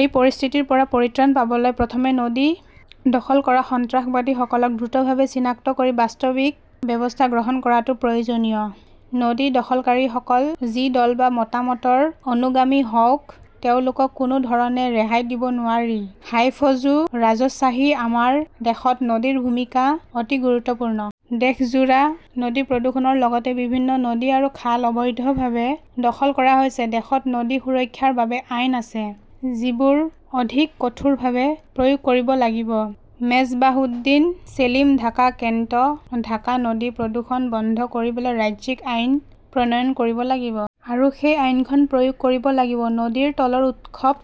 এই পৰিস্থিতিৰ পৰা পৰিত্ৰাণ পাবলৈ প্ৰথমে নদী দখল কৰা সন্ত্ৰাসবাদীসকলক দ্ৰুতভাৱে চিনাক্ত কৰি বাস্তৱিক ব্যৱস্থা গ্ৰহণ কৰাটো প্ৰয়োজনীয়। নদী দখলকাৰীসকল যি দল বা মতামতৰ অনুগামী হওক, তেওঁলোকক কোনো ধৰণে ৰেহাই দিব নোৱাৰি। হাইফজু ৰাজশ্বাহী আমাৰ দেশত নদীৰ ভূমিকা অতি গুৰুত্বপূৰ্ণ। দেশজোৰা নদী প্ৰদূষণৰ লগতে বিভিন্ন নদী আৰু খাল অবৈধভাৱে দখল কৰা হৈছে। দেশত নদী সুৰক্ষাৰ বাবে আইন আছে, যিবোৰ অধিক কঠোৰভাৱে প্ৰয়োগ কৰিব লাগিব। মেজবাহউদ্দিন ছেলিম ঢাকা কেণ্ট ঢাকা নদী প্ৰদূষণ বন্ধ কৰিবলৈ ৰাজ্যিক আইন প্ৰণয়ন কৰিব লাগিব। আৰু সেই আইনখন প্ৰয়োগ কৰিব লাগিব। নদীৰ তলৰ উৎসৱ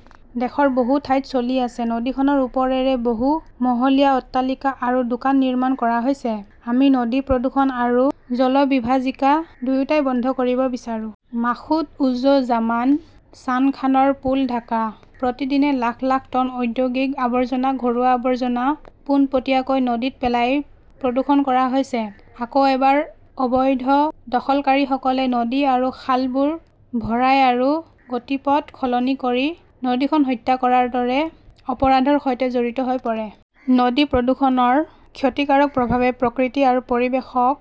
দেশৰ বহু ঠাইত চলি আছে। নদীখনৰ ওপৰেৰে বহু মহলীয়া অট্টালিকা আৰু দোকান নিৰ্মাণ কৰা হৈছে। আমি নদী প্ৰদূষণ আৰু জলবিভাজিকা দুয়োটাই বন্ধ কৰিব বিচাৰো। মাসুদ উজ জামান চানখানৰ পুল ঢাকা। প্ৰতিদিনে লাখ লাখ টন ঔদ্যোগিক আৱৰ্জনা, ঘৰুৱা আৱৰ্জনা পোনপটীয়াকৈ নদীত পেলাই প্ৰদূষণ কৰা হৈছে। আকৌ এবাৰ অবৈধ দখলকাৰীসকলে নদী আৰু খালবোৰ ভৰাই আৰু গতিপথ সলনি কৰি নদীখন হত্যা কৰাৰ দৰে অপৰাধৰ সৈতে জড়িত হৈ পৰে। নদী প্ৰদূষণৰ ক্ষতিকাৰক প্ৰভাৱে প্ৰকৃতি আৰু পৰিৱেশক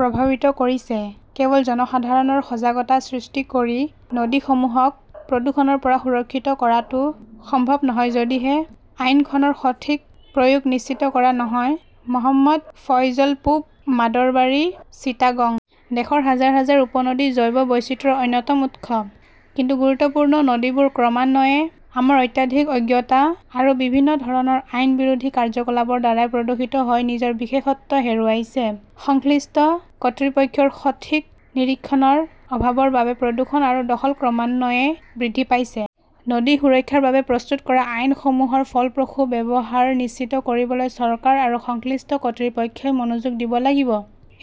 প্ৰভাৱিত কৰিছে। কেৱল জনসাধাৰণৰ সজাগতা সৃষ্টি কৰি নদীসমূহক প্ৰদূষণৰ পৰা সুৰক্ষিত কৰাটো সম্ভৱ নহয় যদিহে আইনখনৰ সঠিক প্ৰয়োগ নিশ্চিত কৰা নহয়। মহম্মদ ফয়জল পূব মাদৰবাৰী, চিটাগং। দেশৰ হাজাৰ হাজাৰ উপনদী জৈৱ বৈচিত্ৰ্যৰ অন্যতম উৎস, কিন্তু গুৰুত্বপূৰ্ণ নদীবোৰ ক্ৰমান্বয়ে আমাৰ অত্যাধিক অজ্ঞতা আৰু বিভিন্ন ধৰণৰ আইন বিৰোধী কাৰ্যকলাপৰ দ্বাৰা প্ৰদূষিত হৈ নিজৰ বিশেষত্ব হেৰুৱাইছে। সংশ্লিষ্ট কৰ্তৃপক্ষৰ সঠিক নিৰীক্ষণৰ অভাৱৰ বাবে প্ৰদূষণ আৰু দখল ক্ৰমান্বয়ে বৃদ্ধি পাইছে। নদী সুৰক্ষাৰ বাবে প্ৰস্তুত কৰা আইনসমূহৰ ফলপ্ৰসূ ব্যৱহাৰ নিশ্চিত কৰিবলৈ চৰকাৰ আৰু সংশ্লিষ্ট কৰ্তৃপক্ষই মনোযোগ দিব লাগিব।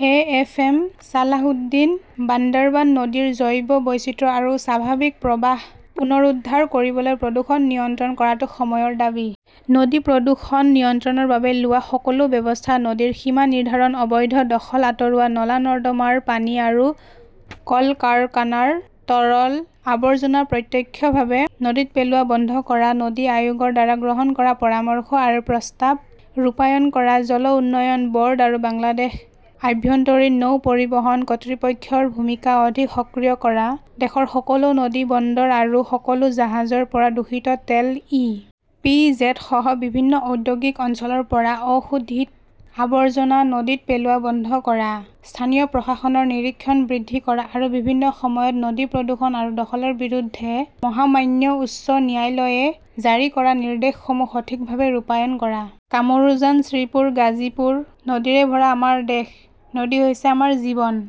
A. F. M. Salahuddin Bandarban নদীৰ জৈৱ বৈচিত্ৰ্য আৰু স্বাভাৱিক প্ৰৱাহ পুনৰুদ্ধাৰ কৰিবলৈ প্ৰদূষণ নিয়ন্ত্ৰণ কৰাটো সময়ৰ দাবী। নদী প্ৰদূষণ নিয়ন্ত্ৰণৰ বাবে লোৱা সকলো ব্যৱস্থা-নদীৰ সীমা নিৰ্ধাৰণ, অবৈধ দখল আঁতৰোৱা, নলা-নৰ্দমাৰ পানী আৰু কলকাৰকানাৰ তৰল আৱৰ্জনা প্ৰত্যক্ষভাৱে নদীত পেলোৱা বন্ধ কৰা, নদী আয়োগৰ দ্বাৰা গ্ৰহণ কৰা পৰামৰ্শ আৰু প্ৰস্তাৱ ৰূপায়ণ কৰা, জল উন্নয়ন ব'ৰ্ড আৰু বাংলাদেশ আভ্যন্তৰীণ নৌ পৰিবহণ কৰ্তৃপক্ষৰ ভূমিকা অধিক সক্ৰিয় কৰা, দেশৰ সকলো নদী বন্দৰ আৰু সকলো জাহাজৰ পৰা দূষিত তেল, ই. পি. জেড. সহ বিভিন্ন ঔদ্যোগিক অঞ্চলৰ পৰা অশোধিত আৱৰ্জনা নদীত পেলোৱা বন্ধ কৰা, স্থানীয় প্ৰশাসনৰ নিৰীক্ষণ বৃদ্ধি কৰা আৰু বিভিন্ন সময়ত নদী প্ৰদূষণ আৰু দখলৰ বিৰুদ্ধে মহামান্য উচ্চ ন্যায়ালয়ে জাৰি কৰা নিৰ্দেশসমূহ সঠিকভাৱে ৰূপায়ণ কৰা। কামৰুজান শ্ৰীপুৰ, গাজীপুৰ। নদীৰে ভৰা আমাৰ দেশ। নদী হৈছে আমাৰ জীৱন।